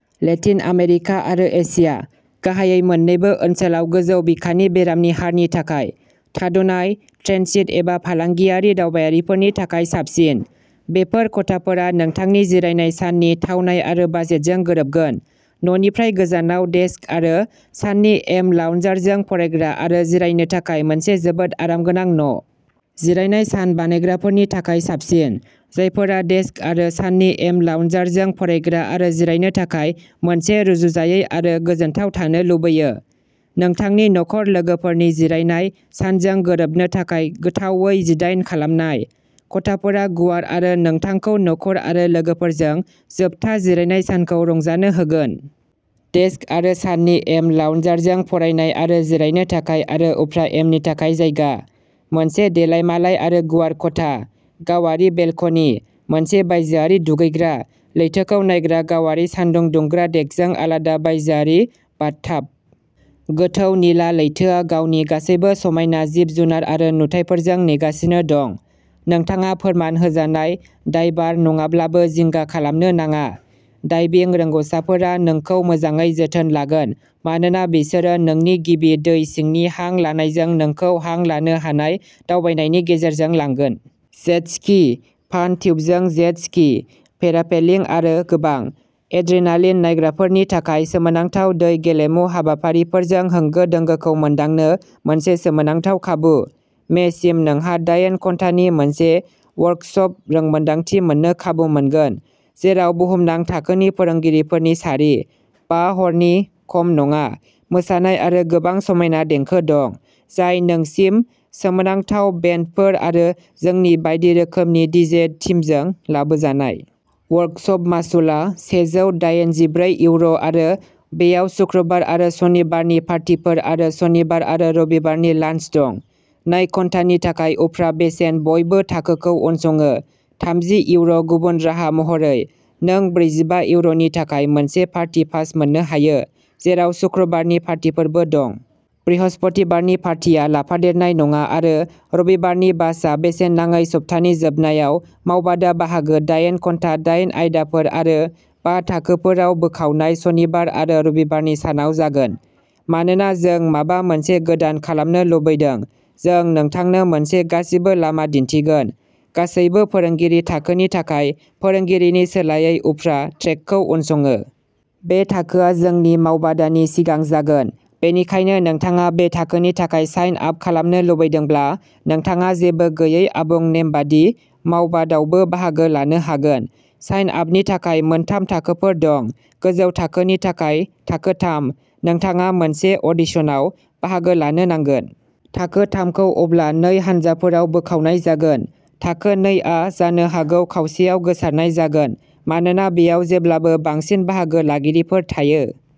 Latin America आरो Asia, गाहायै मोन्नैबो ओनसोलाव गोजौ बिखानि बेरामनि हारनि थाखाय। थाद'नाय, ट्रेन्सित एबा फालांगियारि दावबायारिफोरनि थाखाय साबसिन। बेफोर खथाफोरा नोंथांनि जिरायनाय साननि थावनाय आरो बाजेटजों गोरोबगोन न'निफ्राय गोजानाव डेस्क आरो साननि एम लाउन्जारजों फरायग्रा आरो जिरायनो थाखाय मोनसे जोबोद आरामगोनां न'। जिरायनाय सान बानायग्राफोरनि थाखाय साबसिन, जायफोरा डेस्क आरो साननि एम लाउन्जारजों फरायग्रा आरो जिरायनो थाखाय मोनसे रुजुजायै आरो गोजोनथाव थानो लुबैयो। नोंथांनि नखर लोगोफोरनि जिरायनाय सानजों गोरोबनो थाखाय गोथावै जिडाइन खालामनाय। खथाफोरा गुवार आरो नोंथांखौ नखर आरो लोगोफोरजों जोबथा जिरायनाय सानखौ रंजानो होगोन। डेस्क आरो साननि एम लाउन्जारजों फरायनाय आरो जिरायनो थाखाय आरो उफ्रा एमनि थाखाय जायगा। मोनसे देलायमालाय आरो गुवार खथा, गावारि बेलकनि, मोनसे बायजोआरि दुगैग्रा, लैथोखौ नायग्रा गावारि सानदुं दुंग्रा डेकजों आलादा बायजोआरि बाथटाब। गोथौ निला लैथोआ गावनि गासैबो समायना जिब-जुनार आरो नुथायफोरजों नेगासिनो दं। नोंथाङा फोरमान होजानाय डायभार नङाब्लाबो जिंगा खालामनो नाङा। डाइभिं रोंग'साफोरा नोंखौ मोजाङै जोथोन लागोन मानोना बिसोरो नोंनि गिबि दै सिंनि हां लानायजों नोंखौ हां लानो हानाय दावबायनायनि गेजेरजों लांगोन। जेट स्की, फान टिउबजों जेट स्की, पेरासेलिं आरो गोबां। एड्रेनालिन नागिरग्राफोरनि थाखाय सोमोनांथाव दै गेलेमु हाबाफारिफोरजों होंगो-दोंगोखौ मोनदांनो मोनसे सोमोनांथाव खाबु। मे सिम नोंहा दायेन घन्टानि मोनसे वर्कसप रोंमोन्दांथि मोननो खाबु मोनगोन, जेराव बुहुमनां थाखोनि फोरोंगिरिफोरनि सारि, बा हरनि खम नङा मोसानाय आरो गोबां समायना देंखो दं, जाय नोंसिम सोमोनांथाव बेन्डफोर आरो जोंनि बायदि रोखोमनि डीजे टीमजों लाबोजानाय। वर्कसप मासुलआ सेजौ दायेनजिब्रै इउर' आरो बेयाव सुक्रुबार आरो सनिबारनि पार्टीफोर आरो सनिबार आरो रबिबारनि लान्स दं। नै घन्टानि थाखाय उफ्रा बेसेन' बयबो थाखोखौ उनसङो थामजि इउर' गुबुन राहा महरै, नों ब्रैजिबा इउर'नि थाखाय मोनसे पार्टी पास मोननो हायो, जेराव सुक्रुबारनि पार्टीफोरबो दं। बृहस्पतिबारनि पार्टिआ लाफादेरनाय नङा आरो रबिबारनि बाशआ बेसेन नाङै सप्तानि जोबनायाव मावबादा बाहागो दायेन घन्टा दायेन आयदाफोर आरो बा थाखोफोराव बोखावनाय सनिबार आरो रबिबारनि सानाव जागोन। मानोना जों माबा मोनसे गोदान खालामनो लुबैदों जों नोंथांनो मोनसे गासिबो लामा दिन्थिगोन, गासैबो फोरोंगिरि थाखोनि थाखाय फोरोंगिरिनि सोलायै उफ्रा ट्रेकखौ उनसङो। बे थाखोआ जोंनि मावबादानि सिगां जागोन। बेनिखायनो नोंथाङा बे थाखोनि थाखाय साइन आप खालामनो लुबैदोंब्ला, नोंथाङा जेबो गैयै आबुं नेमबादि मावबादावबो बाहागो लानो हागोन। साइन आपनि थाखाय मोनथाम थाखोफोर दं गोजौ थाखोनि थाखाय, थाखो थाम, नोंथाङा मोनसे अडिशनाव बाहागो लानो नांगोन। थाखो थाम खौ अब्ला नै हानजाफोराव बोखावनाय जागोन। थाखो नै आ जानो हागौ खावसेआव गोसारनाय जागोन मानोना बेयाव जेब्लाबो बांसिन बाहागो लागिरिफोर थायो।